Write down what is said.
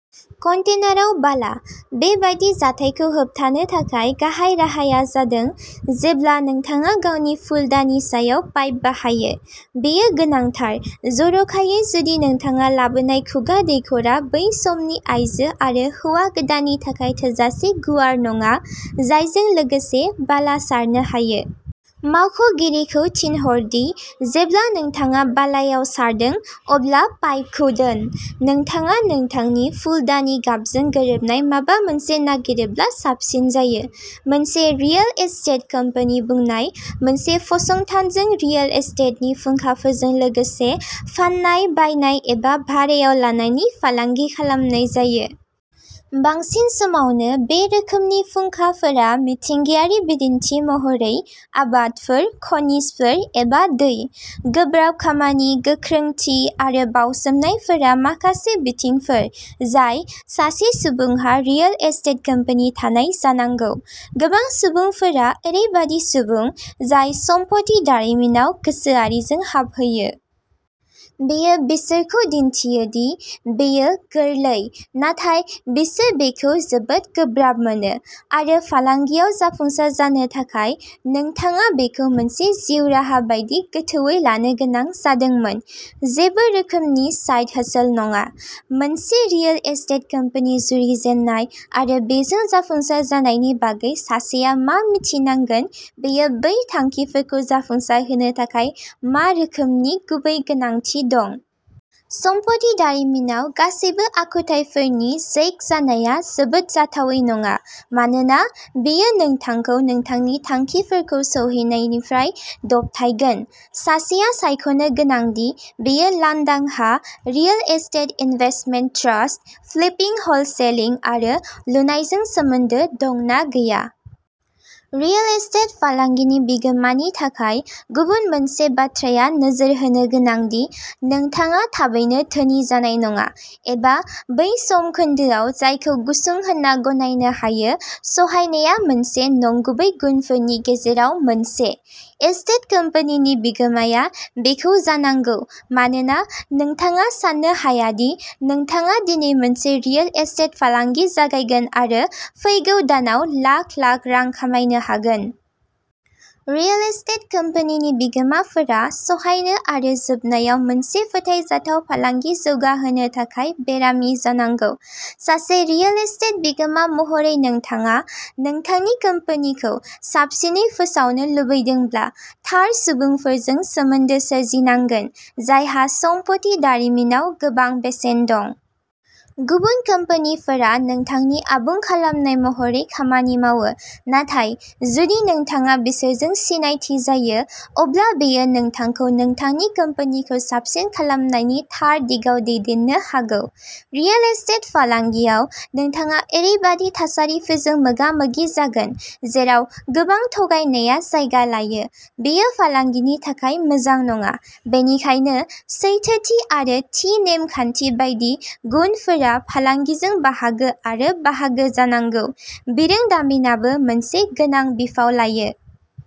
कन्टेनाराव बाला बेबादि जाथायखौ होबथानो थाखाय गाहाय राहाया जादों जेब्ला नोंथाङा गावनि फुलदानि सायाव पाइप बाहायो। बेयो गोनांथार, जर'खायै जुदि नोंथाङा लाबोनाय खुगा दैखरआ बै समनि आइजो आरो हौवा गोदाननि थाखाय थोजासे गुवार नङा, जायजों लोगोसे बाला सारनो हायो। मावख'गिरिखौ थिनहर दि जेब्ला नोंथाङा बालायाव सारदों अब्ला पाइपखौ दोन। नोंथाङा नोंथांनि फुलदानि गाबजों गोरोबनाय माबा मोनसे नागिरोब्ला साबसिन जायो। मोनसे रियेल एस्टेट कम्पानि बुंनाय मोनसे फसंथानजों रियेल एस्टेटनि फुंखाफोरजों लोगोसे फाननाय, बायनाय एबा भारायाव लानायनि फालांगि खालामनाय जायो। बांसिन समावनो बे रोखोमनि फुंखाफोरा मिथिंगायारि बिदिन्थि महरै आबादफोर, खनिजफोर एबा दै। गोब्राब खामानि, गोख्रोंथि आरो बाउसोमनायफोरा माखासे बिथिंफोर जाय सासे सुबुंहा रियेल एस्टेट कम्पानि थानाय जानांगौ। गोबां सुबुंफोरा ओरैबायदि सुबुं जाय सम्पथि दारिमिनाव गोसोआरिजों हाबहैयो। बेयो बिसोरखौ दिन्थियो दि बेयो गोरलै नाथाय, बिसोर बेखौ जोबोद गोब्राब मोनो आरो फालांगियाव जाफुंसार जानो थाखाय नोंथाङा बेखौ मोनसे जिउ राहा बायदि गोथौवै लानो गोनां जादोंमोन, जेबो रोखोमनि साइड हसल नङा। मोनसे रियेल एस्टेट कम्पानि जुरिजेननाय आरो बेजों जाफुंसार जानायनि बागै सासेआ मा मिन्थिनांगोन, बेयो बै थांखिफोरखौ जाफुंसारहोनो थाखाय मा रोखोमनि गुबै गोनांथि दं। सम्पथि दारिमिनाव गासैबो आखुथाइफोरनि जैक जानाया जोबोद जाथावै नङा मानोना बेयो नोंथांखौ नोंथांनि थांखिफोरखौ सौहैनायनिफ्राय दबथायगोन। सासेआ सायख'नो गोनां दि बेयो लांदां हा, real estate investment trust, flipping, wholesaling आरो लुनायजों सोमोन्दो दं ना गैया। रियेल एस्टेट फालांगिनि बिगोमानि थाखाय गुबुन मोनसे बाथ्राया नोजोर होनो गोनां दि नोंथाङा थाबैनो धोनि जानाय नङा एबा बै समखोन्दोआव जायखौ गुसुं होनना गनायनो हायो। सहायनाया मोनसे नंगुबै गुनफोरनि गेजेराव मोनसे। एस्टेट कम्पानिनि बिगोमाया बेखौ जानांगौ मानोना नोंथाङा साननो हाया दि नोंथाङा दिनै मोनसे रियेल एस्टेट फालांगि जागायगोन आरो फैगौ दानाव लाख लाख रां खामायनो हागोन। रियेल एस्टेट कम्पानिनि बिगोमाफोरा सहायनो आरो जोबनायाव मोनसे फोथायजाथाव फालांगि जौगाहोनो थाखाय बेरामि जानांगौ। सासे रियेल एस्टेट बिगोमा महरै नोंथाङा नोंथांनि कम्पानिखौ साबसिनै फोसावनो लुबैदोंब्ला थार सुबुंफोरजों सोमोन्दो सोरजिनांगोन, जायहा सम्पथि दारिमिनाव गोबां बेसेन दं। गुबुन कम्पानिफोरा नोंथांनि आबुं खालामनाय महरै खामानि मावो, नाथाय जुदि नोंथाङा बिसोरजों सिनायथि जायो, अब्ला बेयो नोंथांखौ नोंथांनि कम्पानिखौ साबसिन खालामनायनि थार दिगाव दैदेननो हागौ। रियेल एस्टेट फालांगियाव नोंथाङा ओरैबायदि थासारिफोरजों मोगा-मोगि जागोन जेराव गोबां थगायनाया जायगा लायो, बेयो फालांगिनि थाखाय मोजां नङा, बेनिखायनो सैथोथि आरो थि नेम खान्थि बायदि गुनफोरा फालांगिजों बाहागो आरो बाहागो जानांगौ। बिरोंदामिनआबो मोनसे गोनां बिफाव लायो।